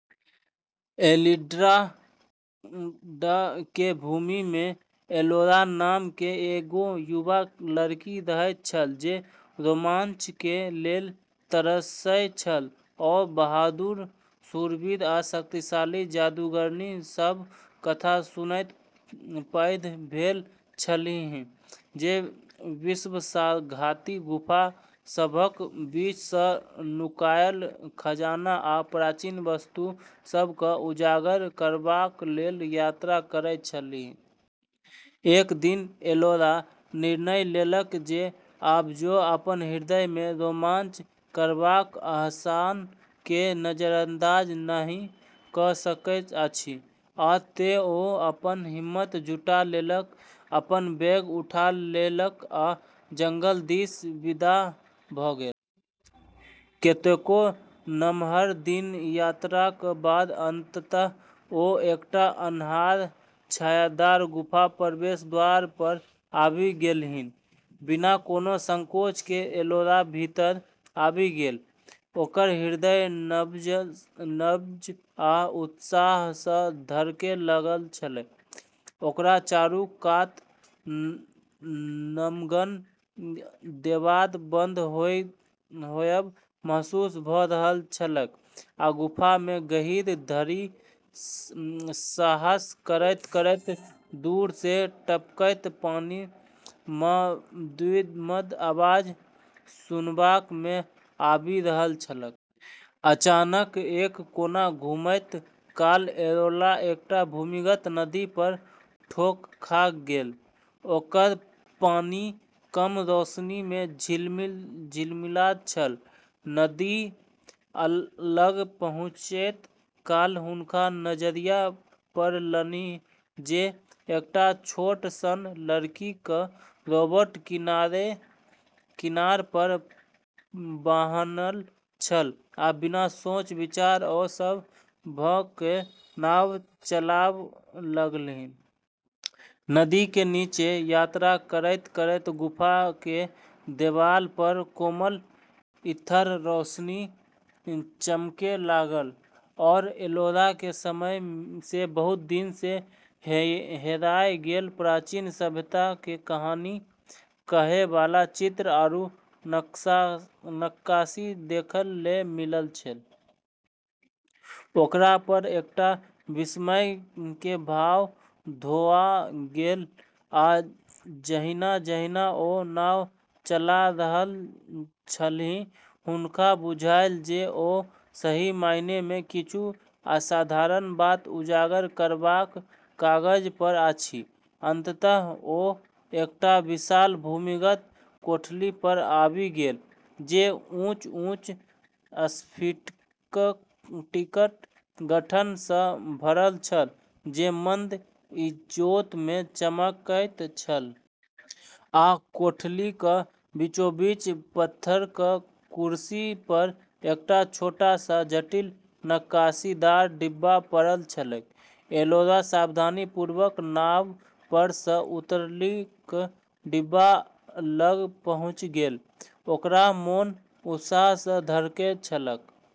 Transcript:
एल्ड्रिडा के भूमि में एलोरा नाम के एगो युवा लड़की रहैत छल जे रोमांच के लेल तरसैत छल। ओ बहादुर शूरवीर आ शक्तिशाली जादूगरनी सभक कथा सुनैत पैघ भेल छलीह जे विश्वासघाती गुफा सभक बीचसँ नुकायल खजाना आ प्राचीन वस्तु सभकेँ उजागर करबाक लेल यात्रा करैत छलीह। एक दिन एलोरा निर्णय लेलक जे आब ओ अपन हृदय मे रोमांच करबाक आह्वान केँ नजरअंदाज नहि क' सकैत अछि, आ तें ओ अपन हिम्मत जुटा लेलक, अपन बैग उठा लेलक आ जंगल दिस विदा भ' गेल। कतेको नमहर दिनक यात्राक बाद अंततः ओ एकटा अन्हार, छायादार गुफाक प्रवेश द्वार पर आबि गेलीह। बिना कोनो संकोच के एलोरा भीतर आबि गेलै, ओकर हृदय नर्वस आ उत्साह सँ धड़कैत छलैक। ओकरा चारू कात नमगर देबाल बंद होयब महसूस भ' रहल छलैक आ गुफा मे गहींर धरि साहस करैत-करैत दूर मे टपकैत पानिक मद्धिम आवाज सुनबा मे आबि रहल छलैक। अचानक एक कोन घुमैत काल एलोरा एकटा भूमिगत नदी पर ठोकर खा गेल, ओकर पानि कम रोशनी मे झिलमिलाइत छल। नदी लग पहुँचैत काल हुनका नजरि पड़लनि जे एकटा छोट सन लकड़ीक रोबोट किनार पर बान्हल छल आ बिना सोचने-विचारने ओ सवार भ' क' नाव चलाब' लगलीह। नदी के नीचें यात्रा करतें-करतें गुफा के देवाल पर कोमल, ईथर रोशनी चमकै लागलै, आरो एलोरा के समय सें बहुत दिन सें हेराय गेल प्राचीन सभ्यता के कहानी कहै वाला चित्र आरू नक्काशी देखै ल मिलै छेलै। ओकरा पर एकटा विस्मय के भाव धोआ गेलै, आ जहिना-जहिना ओ नाव चला रहल छलीह, हुनका बुझायल जे ओ सही मायने मे किछु असाधारण बात उजागर करबाक कगार पर छथि। अन्ततः ओ एकटा विशाल, भूमिगत कोठली पर आबि गेलीह, जे ऊँच-ऊँच स्फटिकक गठन सँ भरल छल जे मंद इजोत मे चमकैत छल। आ कोठलीक बीचोबीच पाथरक कुरसी पर एकटा छोट सन जटिल नक्काशीदार डिब्बा पड़ल छलैक। एलोरा सावधानीपूर्वक नाव पर सँ उतरि क' डिब्बा लग पहुँचि गेल, ओकर मोन उत्साह सँ धड़कैत छलैक।